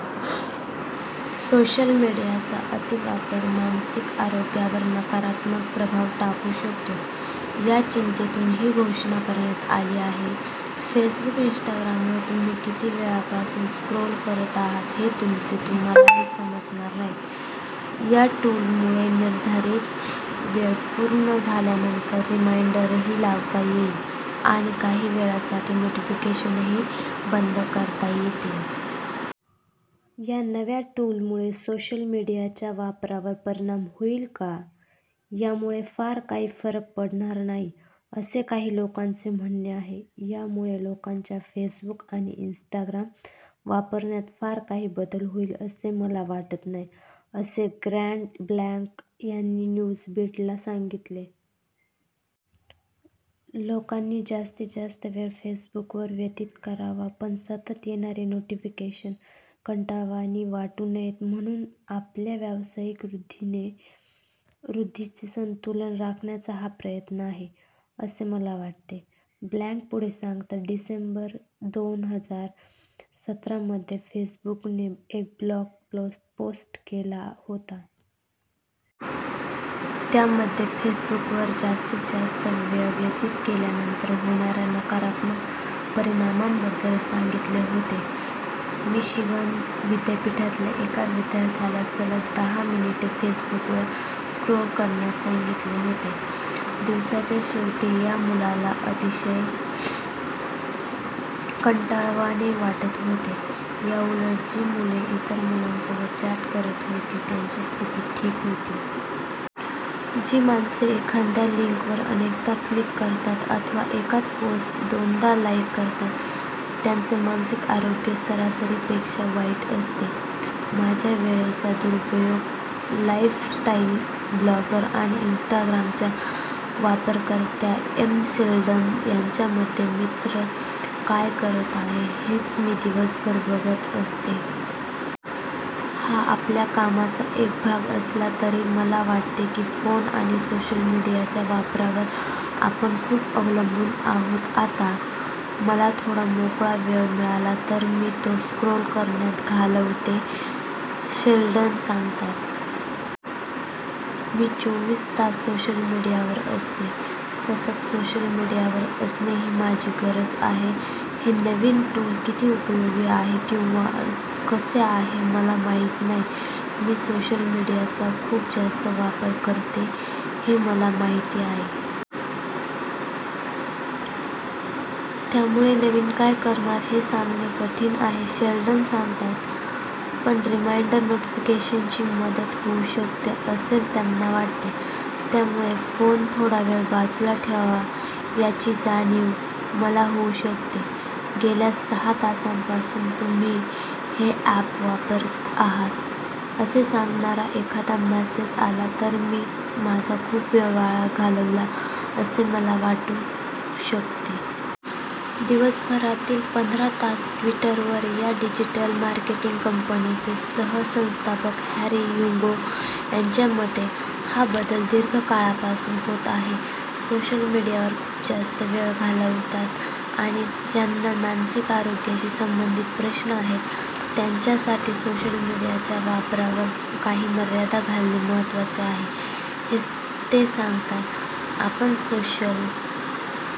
Social मीडियाचा अतिवापर मानसिक आरोग्यावर नकारात्मक प्रभाव टाकू शकतो, या चिंतेतून ही घोषणा करण्यात आली आहे. फेसबुक, इन्स्टाग्रामवर तुम्ही किती वेळापासून स्क्रोल करत आहात हे तुमचे तुम्हालाही समजणार आहे. या टूलमुळे निर्धारित वेळ पूर्ण झाल्यानंतर रिमाइंडरही लावता येईल आणि काही वेळासाठी नोटिफिकेशन्सही बंद करता येतील. या नव्या टूलमुळे सोशल मीडियाच्या वापरावर परिणाम होईल का? यामुळे फार काही फरक पडणार नाही, असे काही लोकांचे म्हणणे आहे. "यामुळे लोकांच्या फेसबुक आणि इन्स्टाग्राम वापरण्यात फार काही बदल होईल, असे मला वाटत नाही," असे ग्रँट ब्लँक यांनी न्यूजबीटला सांगितले. "लोकांनी जास्तीत जास्त वेळ फेसबुकवर व्यतीत करावा, पण सतत येणारी नोटिफिकेशन कंटाळवाणी वाटू नयेत, म्हणून आपल्या व्यावसायिक वृद्धीचे संतुलन राखण्याचा हा प्रयत्न आहे, असे मला वाटते," ब्लँक पुढे सांगतात. डिसेंबर दोन हजार सतरामध्ये फेसबुकने एक ब्लॉग पोस्ट केला होता. त्यामध्ये फेसबुकवर जास्तीत जास्त वेळ व्यतीत केल्यानंतर होणाऱ्या नकारात्मक परिणामांबद्दल सांगितले होते. मिशिगन विद्यापीठातल्या एका विद्यार्थ्याला सलग दहा मिनिटे फेसबुकवर स्क्रोल करण्यास सांगितले होते. दिवसाच्या शेवटी या मुलाला अतिशय कंटाळवाणे वाटत होते. याउलट जी मुले इतर मुलांसोबत चॅट करत होती त्यांची स्थिती ठीक होती. जी माणसे एखाद्या लिंकवर अनेकदा क्लिक करतात अथवा एकच पोस्ट दोनदा लाईक करतात, त्यांचे मानसिक आरोग्य सरासरीपेक्षा वाईट असते. 'माझ्या वेळेचा दुरुपयोग' - लाईफस्टाईल व्लॉगर आणि इन्स्टाग्रामच्या वापरकर्त्या एम. शेल्डन यांच्या मते, मित्र काय करत आहेत, हेच मी दिवसभर बघत असते. "हा आपल्या कामाचा एक भाग असला तरी मला वाटते की, फोन आणि सोशल मीडियाच्या वापरावर आपण खूप अवलंबून आहोत आता. मला थोडा मोकळा वेळ मिळाला तर मी तो स्क्रोल करण्यात घालवते," शेल्डन सांगतात. "मी चौवीस तास सोशल मीडियावर असते. सतत सोशल मीडियावर असणे ही माझी गरज आहे. हे नवीन टूल किती उपयोगी आहे किंवा कसे आहे मला माहिती नाही. मी सोशल मीडियाचा खूप जास्त वापर करते, हे मला माहिती आहे. त्यामुळे नवीन काय कळणार हे सांगणे कठीण आहे", शेल्डन सांगतात. "पण रिमाइंडर नोटिफिकेशन्सची मदत होऊ शकते", असे त्यांना वाटते. "यामुळे फोन थोडा वेळ बाजूला ठेवावा, याची जाणीव मला होऊ शकते. गेल्या सहा तासांपासून तुम्ही हे ॲप वापरत आहात, असे सांगणारा एखादा मेसेज आला तर मी माझा खूप वेळ वाया घालवला, असे मला वाटू शकते." 'दिवसातील पंधरा तास ट्विटरवर' - या डिजिटल मार्केटिंग कंपनीचे सहसंस्थापक हॅरी ह्युगो यांच्या मते, हा बदल दीर्घ काळापासून होत आहे. "सोशल मीडियावर खूप जास्त वेळ घालवतात आणि ज्यांना मानसिक आरोग्याशी संबंधित प्रश्न आहेत, त्यांच्यासाठी सोशल मीडियाच्या वापरावर काही मर्यादा घालणे महत्त्वाचे आहे", ते सांगतात. "आपण सोशल